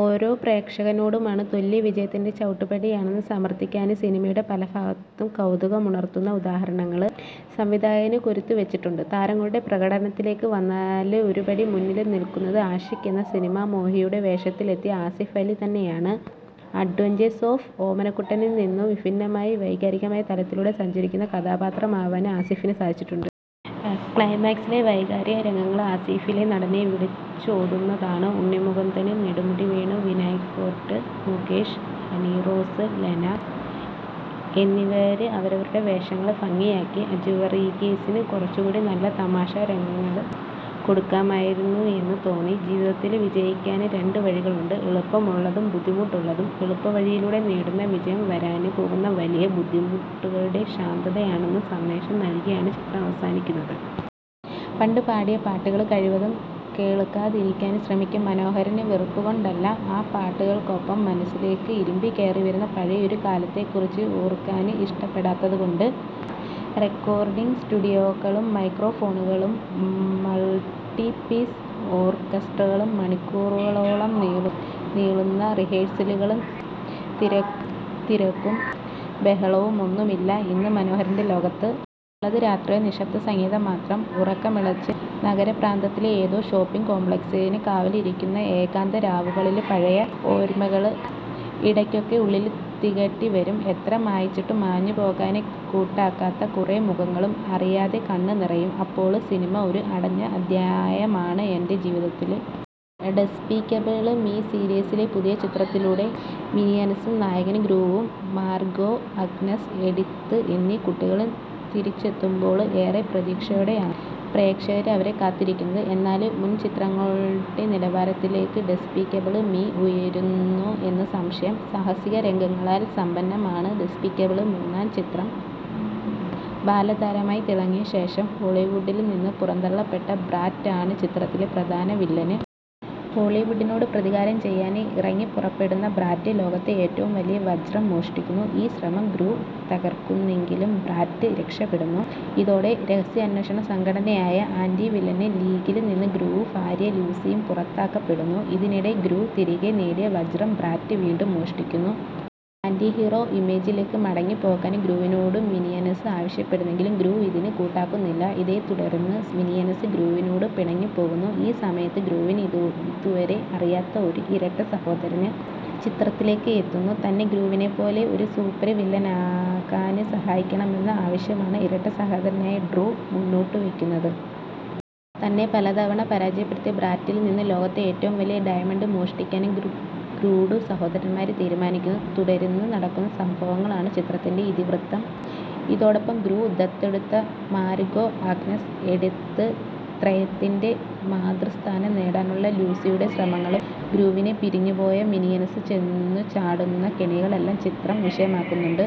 ഓരോ പ്രേക്ഷകനോടുമാണ്. തോല്വി വിജയത്തിന്റെ ചവിട്ടുപടിയാണെന്ന് സമര്ഥിക്കാന് സിനിമയുടെ പലഭാഗത്തും കൗതുകമുണര്ത്തുന്ന ഉദാഹരണങ്ങള് സംവിധായകന് കൊരുത്തുവച്ചിട്ടുണ്ട്. താരങ്ങളുടെ പ്രകടനത്തിലേക്ക് വന്നാല് ഒരുപടി മുന്നില് നില്ക്കുന്നത് ആഷിക് എന്ന് സിനിമാമോഹിയുടെ വേഷത്തിലെത്തിയ ആസിഫ് അലി തന്നെയാണ്. അഡ്വെഞ്ചേഴ്സ് ഓഫ് ഓമനക്കുട്ടനില് നിന്നും വിഭിന്നമായി വൈകാരികമായ തലത്തിലൂടെ സഞ്ചരിക്കുന്ന കഥാപാത്രമാവാന് ആസിഫിന് സാധിച്ചിട്ടുണ്ട്. ക്ലൈമാക്സിലെ വൈകാരിക രംഗങ്ങള് ആസിഫിലെ നടനെ വിളിച്ചോതുന്നതാണ്. ഉണ്ണി മുകുന്ദന്, നെടുമുടി വേണു, വിനയ്ഫോര്ട്ട്, മുകേഷ്, ഹണിറോസ്, ലെന എന്നിവര് അവരവരുടെ വേഷങ്ങള് ഭംഗിയാക്കി. അജു വര്ഗീസിന് കുറച്ചുകൂടി നല്ല തമാശരംഗങ്ങള് കൊടുക്കാമായിരുന്നു എന്നു തോന്നി. ജീവിതത്തില് വിജയിക്കാന് രണ്ട് വഴികളുണ്ട്. എളുപ്പമുള്ളതും ബുദ്ധിമുട്ടുള്ളതും. എളുപ്പവഴിയിലൂടെ നേടുന്ന വിജയം വരാന് പോകുന്ന വലിയ ബുദ്ധിമുട്ടുകളുടെ ശാന്തതയാണെന്നുള്ള സന്ദേശം നല്കിയാണ് ചിത്രം അവസാനിക്കുന്നത്. പണ്ട് പാടിയ പാട്ടുകള് കഴിവതും കേള്ക്കാതിരിക്കാന് ശ്രമിക്കും മനോഹരന്. വെറുപ്പ് കൊണ്ടല്ല; ആ പാട്ടുകള്ക്കൊപ്പം മനസ്സിലേക്ക് ഇരമ്പിക്കയറിവരുന്ന പഴയൊരു കാലത്തെ കുറിച്ച് ഓര്ക്കാന് ഇഷ്ടപ്പെടാത്തത് കൊണ്ട്. റെക്കോര്ഡിംഗ് സ്റ്റുഡിയോകളും മൈക്രോഫോണുകളും മള്ട്ടി പീസ് ഓര്ക്കസ്ട്രകളും മണിക്കൂറുകള് നീളുന്ന റിഹേഴ്സലുകളും തിരക്കും ബഹളവും ഒന്നുമില്ല ഇന്ന് മനോഹരന്റെ ലോകത്ത്. ഉള്ളത് രാത്രിയുടെ നിശബ്ദസംഗീതം മാത്രം. ഉറക്കമിളച്ച്, നഗരപ്രാന്തത്തിലെ ഏതോ ഷോപ്പിംഗ് കോംപ്ലക്സിനു കാവലിരിക്കുന്ന ഏകാന്ത രാവുകളില് പഴയ ഓര്മ്മകള് ഇടയ്ക്കൊക്കെ ഉള്ളില് തികട്ടി വരും; എത്ര മായ്ച്ചിട്ടും മാഞ്ഞു പോകാന് കൂട്ടാക്കാത്ത കുറെ മുഖങ്ങളും. അറിയാതെ കണ്ണ് നിറയും അപ്പോള്. ''സിനിമ ഒരു അടഞ്ഞ അധ്യായമാണ് എന്റെ ജീവിതത്തില്. ഡെസ്പിക്കബിള് മി സീരീസിലെ പുതിയ ചിത്രത്തിലൂടെ മിനിയന്സും നായകന് ഗ്രൂവും മാര്ഗോ, ആഗ്നസ്, എഡിത്ത് എന്നീ കുട്ടികളും തിരിച്ചെത്തുമ്പോള് ഏറെ പ്രതീക്ഷയോടെയാണ് പ്രേക്ഷകര് അവരെ കാത്തിരുന്നത്. എന്നാല്, മുന് ചിത്രങ്ങളുടെ നിലവാരത്തിലേക്ക് ഡെസ്പിക്കബിള് മി ഉയര്ന്നോ എന്ന് സംശയം. സാഹസിക രംഗങ്ങളാല് സമ്പന്നമാണ് ഡെസ്പിക്കബിള് മൂന്നാം ചിത്രം. ബാലതാരമായി തിളങ്ങിയ ശേഷം ഹോളിവുഡില് നിന്ന് പുറന്തള്ളപ്പെട്ട ബ്രാറ്റ് ആണ് ചിത്രത്തിലെ പ്രധാനവില്ലന്. ഹോളിവുഡിനോട് പ്രതികാരം ചെയ്യാന് ഇറങ്ങിപ്പുറപ്പെടുന്ന ബ്രാറ്റ് ലോകത്തെ ഏറ്റവും വലിയ വജ്രം മോഷ്ടിക്കുന്നു. ഈ ശ്രമം ഗ്രൂ തകര്ക്കുന്നെങ്കിലും ബ്രാറ്റ് രക്ഷപ്പെടുന്നു. ഇതോടെ രഹസ്യാന്വേഷണ സംഘടനയായ ആന്റി വില്ലന് ലീഗില് നിന്ന് ഗ്രൂവും ഭാര്യ ലൂസിയും പുറത്താക്കപ്പെടുന്നു. ഇതിനിടെ ഗ്രൂ തിരികെ നേടിയ വജ്രം ബ്രാറ്റ് വീണ്ടും മോഷ്ടിക്കുന്നു. പഴയ ആന്റി ഹീറോ ഇമേജിലേക്ക് മടങ്ങിപ്പോകാന് ഗ്രൂവിനോട് മിനിയന്സ് ആവശ്യപ്പെടുന്നെങ്കിലും ഗ്രൂ ഇതിന് കൂട്ടാക്കുന്നില്ല. ഇതേത്തുടര്ന്ന് മിനിയന്സ് ഗ്രൂവിനോട് പിണങ്ങിപ്പോകുന്നു. ഈ സമയത്ത് ഗ്രൂവിന് ഇതുവരെ അറിയാത്ത ഒരു ഇരട്ട സഹോദരന് ചിത്രത്തിലേക്ക് എത്തുന്നു. തന്നെ ഗ്രൂവിനെപ്പോലെ ഒരു സൂപ്പര് വില്ലനാകാന് സഹായിക്കണമെന്ന ആവശ്യമാണ് ഇരട്ട സഹോദരനായ ഡ്രൂ മുന്നോട്ടുവെക്കുന്നത്. തന്നെ പലതവണ പരാജയപ്പെടുത്തിയ ബ്രാറ്റില് നിന്ന് ലോകത്തെ ഏറ്റവും വലിയ ഡയമണ്ട് മോഷ്ടിക്കാന് ഗ്രൂഡ്രൂ സഹോദരന്മാര് തീരുമാനിക്കുന്നു. തുടര്ന്ന് നടക്കുന്ന സംഭവങ്ങളാണ് ചിത്രത്തിന്റെ ഇതിവൃത്തം. ഇതോടൊപ്പം, ഗ്രൂ ദത്തെടുത്ത മാര്ഗോആഗ്നസ്എഡിത്ത് ത്രയത്തിന്റെ മാതൃസ്ഥാനം നേടാനുള്ള ലൂസിയുടെ ശ്രമങ്ങളും ഗ്രൂവിനെ പിരിഞ്ഞുപോയ മിനിയന്സ് ചെന്നുചാടുന്ന കെണികളുമെല്ലാം ചിത്രം വിഷയമാക്കുന്നുണ്ട്.